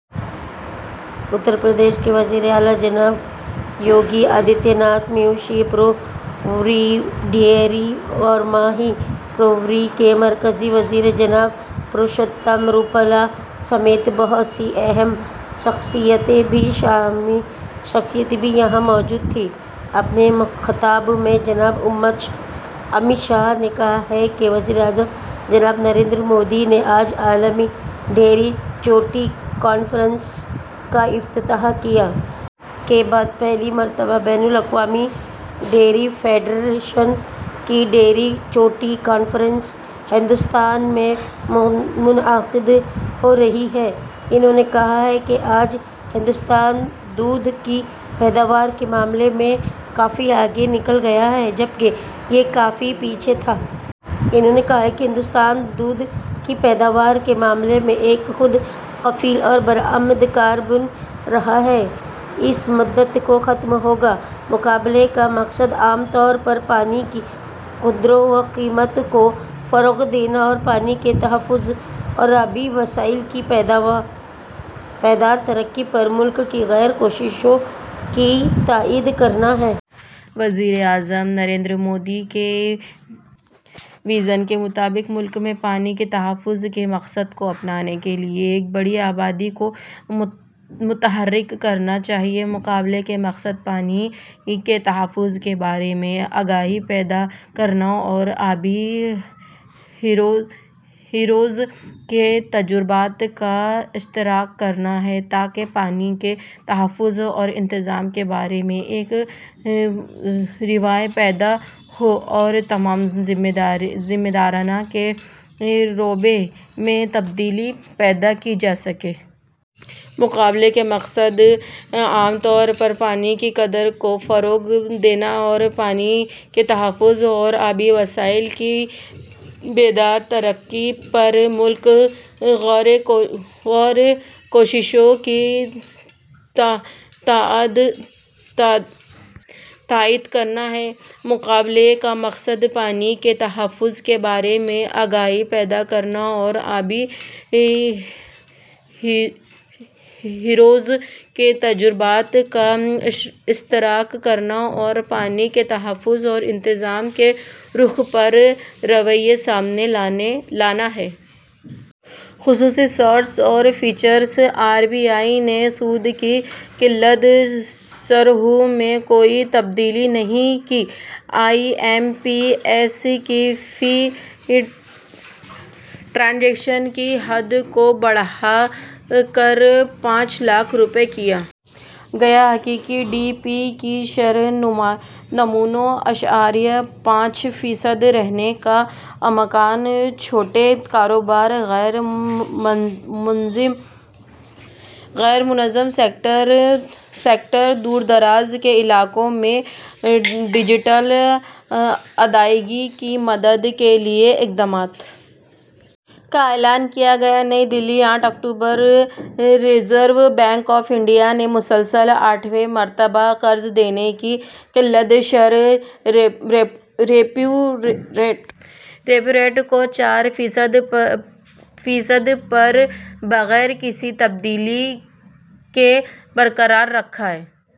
اترپردیش کے وزیراعلی جناب یوگی آدتیہ ناتھ مویشی پروری ڈیری اور ماہی پروری کے مرکزی وزیر جناب پرشوتم روپالا سمیت بہت سی اہم شخصیتیں بھی یہاں موجود تھیں۔ اپنے خطاب میں جناب امت شاہ نے کہا کہ وزیراعظم جناب نریندر مودی نے آج عالمی ڈیری چوٹی کانفرنس کا افتتاح کیا۔ کے بعد پہلی مرتبہ بین الاقوامی ڈیری فیڈریشن کی ڈیری چوٹی کانفرنس ہندوستان میں منعقد ہورہی ہے۔ انہوں نے کہا کہ آج ہندوستان دودھ کی پیداوار کے معاملے میں کافی آگے نکل گیا ہے جبکہ میں یہ کافی پیچھے تھا۔ انہوں نے کہا کہ ہندوستان دودھ کی پیداوار کے معاملے میں ایک خود کفیل اور برآمد کار بن رہا ہے۔ اس مدت کو ختم ہوگا۔ مقابلے کا مقصد عام طور پر پانی کی قدر و قیمت کو فروغ دینا اور پانی کے تحفظ اور آبی وسائل کی پائیدار ترقی پر ملک گیر کوششوں کی تائید کرنا ہے۔ وزیر اعظم نریندر مودی کے ویژن کے مطابق ملک میں پانی کے تحفظ کے مقصد کو اپنانے کے لئے ایک بڑی آبادی کو متحرک کرنا چاہیے۔ مقابلے کا مقصد پانی کے تحفظ کے بارے میں آگاہی پیدا کرنا اور آبی ہیروز کے تجربات کا اشتراک کرنا ہے تاکہ پانی کے تحفظ اور انتظام کے بارے میں ایک رویہ پیدا ہو اور تمام ذمہ داران کے رویے میں تبدیلی پیدا کی جا سکے۔ مقابلے کا مقصد عام طور پر پانی کی قدر کو فروغ دینا اور پانی کے تحفظ اور آبی وسائل کی پائیدار ترقی پر ملک گیر کوششوں کی تائید کرنا ہے۔ مقابلے کا مقصد پانی کے تحفظ کے بارے میں آگاہی پیدا کرنا اور آبی ہیروز کے تجربات کا اشتراک کرنا اور پانی کے تحفظ اور انتظام کے رُخ پر رویہ سامنے لانا ہے۔ خصوصی سروس اور فیچرس آر بی آئی نے سود کی کلیدی شرحوں میں کوئی تبدیلی نہیں کی آئی ایم پی ایس کی فی ٹرانزیکشن کی حد کو بڑھا کر پانچ لاکھ روپئے کیا گیا حقیقی جی ڈی پی کی شرح نمو نو اعشاریہ پانچ فی صد رہنے کا امکان چھوٹے کاروبار غیر منظم سیکٹر دور دراز کے علاقوں میں ڈجیٹل ادائیگی کی مدد کے لئے اقدامات کا اعلان کیا گیا نئی دلّی آٹھ اکتوبر ریزرو بینک آف انڈیا نے مسلسل آٹھویں مرتبہ قرض دینے کی کلیدی شرح ریپو ریٹ کو چار فی صد پر بغیر کسی تبدیلی کے برقرار رکھا ہے